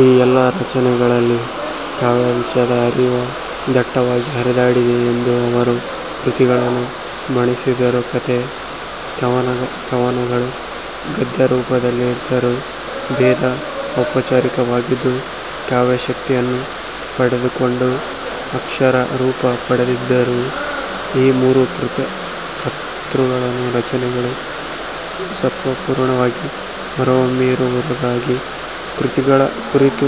ಈ ಎಲ್ಲ ರಚನೆಗಳಲ್ಲಿ ಕಾವ್ಯಾಂಶದ ಹರಿವು ದಟ್ಟವಾಗಿ ಹರಿದಾಡಿದೆ ಎಂದು ಅವರು ಕೃತಿಗಳನ್ನು ಬಣ್ಣಿಸಿದರು. ಕಥೆ ಕವನಗಳು ಗದ್ಯರೂಪದಲ್ಲಿದ್ದರೂ ಭೇದ ಔಪಚಾರಿಕವಾಗಿದ್ದು ಕಾವ್ಯಶಕ್ತಿಯನ್ನು ಪಡೆದುಕೊಂಡು ಅಕ್ಷರ ರೂಪ ಪಡೆದಿರುವ ಈ ಮೂರು ಕತೃಗಳ ರಚನೆಗಳು ಸತ್ವಪೂರ್ಣವಾಗಿ ಹೊರಹೊಮ್ಮಿರುವುದಾಗಿ ಕೃತಿಗಳ ಕುರಿತು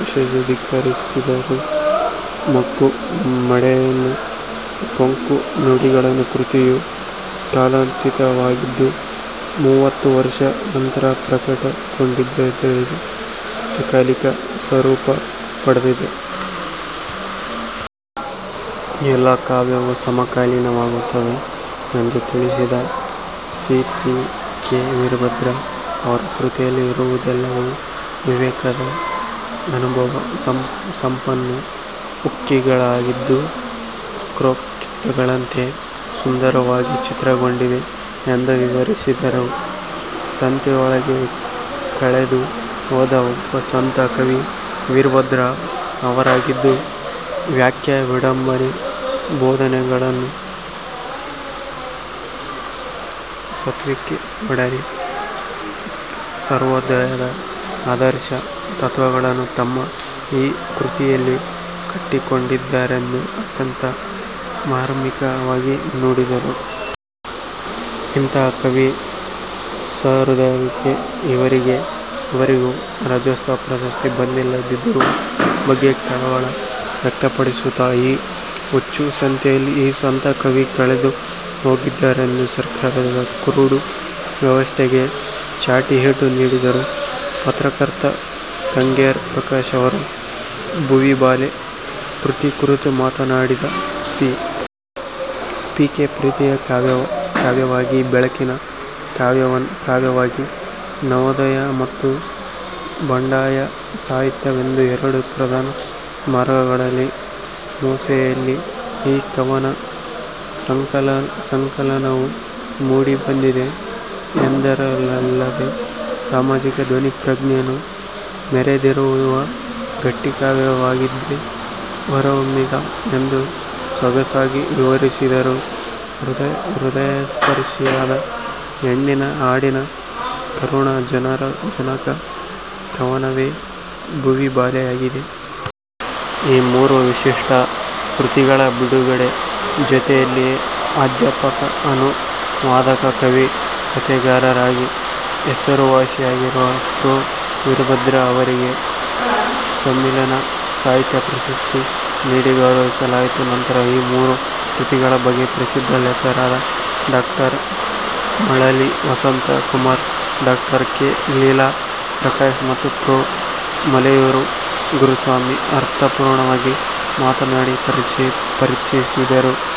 ವಿಷಧೀಕರಿಸಿದರು. 'ಮಂಕು ಮಡೆಯನ ಕೊಂಕು ನುಡಿಗಳು' ಕೃತಿಯು ಕಾಲಾತೀತವಾಗಿದ್ದು ಮುವತ್ತು ವರ್ಷಗಳ ನಂತರ ಪ್ರಕಟಗೊಂಢಿದ್ದರೂ ಸಕಾಲಿಕ ಸ್ವರೂಪ ಪಡೆದಿದೆ. ಎಲ್ಲ ಕಾವ್ಯವೂ ಸಮಕಾಲೀನವಾಗುತ್ತವೆ ಎಂದು ತಿಳಿಸಿದ ಸಿ. ಪಿ. ಕೆ ವೀರಭದ್ರ ಅವರ ಕೃತಿಯಲ್ಲಿ ಇರುವುದೆಲ್ಲವೂ ವೀವೇಕದ ಅನುಭವ ಸಂಪನ್ನ ಉಕ್ತಿಗಳಾಗಿದ್ದು ವಕ್ರೋಕ್ತಿಗಳಂತೆ ಸುಂದರವಾಗಿ ಚಿತ್ರಿತಗೊಂಡಿವೆ ಎಂದು ವಿವರಿಸಿದರು. ಸಂತೆಯೊಳಗೆ ಕಳೆದು ಹೋದ ಒಬ್ಬ ಸಂತ ಕವಿ 'ವೀರಭದ್ರ' ಅವರಾಗಿದ್ದು ವ್ಯಾಖ್ಯೆ, ವಿಡಂಬನೆ, ಬೋಧೆಗಳನ್ನು ಸ್ವಂತಿಕೆಯೊಡನೆ, ಸರ್ವೋದಯದ ಆದರ್ಶ ತತ್ವಗಳನ್ನು ತಮ್ಮ ಈ ಕೃತಿಯಲ್ಲಿ ಕಟ್ಟಿಕೊಟ್ಟಿದ್ದಾರೆಂದು ಅತ್ಯಂತ ಮಾರ್ಮಿಕವಾಗಿ ನುಡಿದರು. ಇಂಥ ಕವಿ ಸಹೃದಯಿಗೆ ಈವರೆಗೂ ರಾಜ್ಯೋತ್ಸವ ಪ್ರಶಸ್ತಿ ಬಂದಿಲ್ಲದಿರುವ ಬಗ್ಗೆ ಕಳವಳ ವ್ಯಕ್ತಪಡಿಸುತ್ತಾ ಈ ಹುಚ್ಚು ಸಂತೆಯಲ್ಲಿ ಈ ಸಂತ ಕವಿ ಕಳೆದು ಹೋಗಿದ್ದಾರೆಂದು ಸರ್ಕಾರದ ಕುರುಡು ವ್ಯವಸ್ಥೆಗೆ ಛಾಟಿ ಏಟು ನೀಡಿದರು. ಪತ್ರಕರ್ತ ಕಗ್ಗೆರೆ ಪ್ರಕಾಶ್ ಅವರ ಭುವಿಬಾಲೆ ಕೃತಿ ಕುರಿತು ಮಾತನಾಡಿದ ಸಿ. ಪಿ. ಕೆ, ಪ್ರೀತಿಯ ಕಾವ್ಯವಾಗಿ, ಬೆಳಕಿನ ಕಾವ್ಯವಾಗಿ ನವೋದಯ ಮತ್ತು ಬಂಡಾಯ ಸಾಹಿತ್ಯವೆಂಬ ಎರಡು ಪ್ರಧಾನ ಮಾರ್ಗಗಳಲ್ಲಿನ ಮೂಸೆಯಲ್ಲಿ ಈ ಕವನ ಸಂಕಲನವು ಮೂಡಿಬಂದಿದೆ ಎಂದರಲ್ಲದೇ ಸಾಮಾಜಿಕ ಧ್ವನಿ ಪ್ರಜ್ಞೆಯನ್ನು ಮೆರೆದಿರುವ ಗಟ್ಟಿಕಾವ್ಯವಾಗಿದೆ ಹೊರಹೊಮ್ಮಿದೆ ಎಂದು ಸೊಗಸಾಗಿ ವಿವರಿಸಿದರು. ಹೃದಯಸ್ಪರ್ಷಿಯಾದ ಹೆಣ್ಣಿನ ಹಾಡಿನ ಕರುಣಾ ಜನಕ ಕವನವೇ ಭುವಿಬಾಲೆಯಾಗಿದೆ. ಈ ಮೂರು ವಿಶಿಷ್ಟ ಕೃತಿಗಳ ಬಿಡುಗಡೆ ಜೊತೆಯಲ್ಲಿಯೇ ಅಧ್ಯಾಪಕ, ಅನುವಾದಕ, ಕವಿ, ಕಥೆಗಾರರಾಗಿ ಹೆಸರುವಾಸಿಯಾಗಿರುವ ಪ್ರೋ. ವೀರಭದ್ರ ಅವರಿಗೆ "ಸಮ್ಮಿಲನ ಸಾಹಿತ್ಯ ಪ್ರಶಸ್ತಿ"ನೀಡಿ ಗೌರವಿಸಲಾಯಿತು. ನಂತರ ಈ ಮೂರೂ ಕೃತಿಗಳ ಬಗ್ಗೆ ಪ್ರಸಿದ್ದ ಲೇಖಕರಾದ ಡಾ ಮಳಲಿ ವಸಂತ ಕುಮಾರ್, ಡಾ ಕೆ. ಲೀಲಾ ಪ್ರಕಾಶ್ ಮತ್ತು ಪ್ರೋ. ಮಲೆಯೂರು ಗುರುಸ್ವಾಮಿ ಅರ್ಥಪೂರ್ಣವಾಗಿ ಮಾತನಾಡಿ ಪರಿಚಯಿಸಿದರು.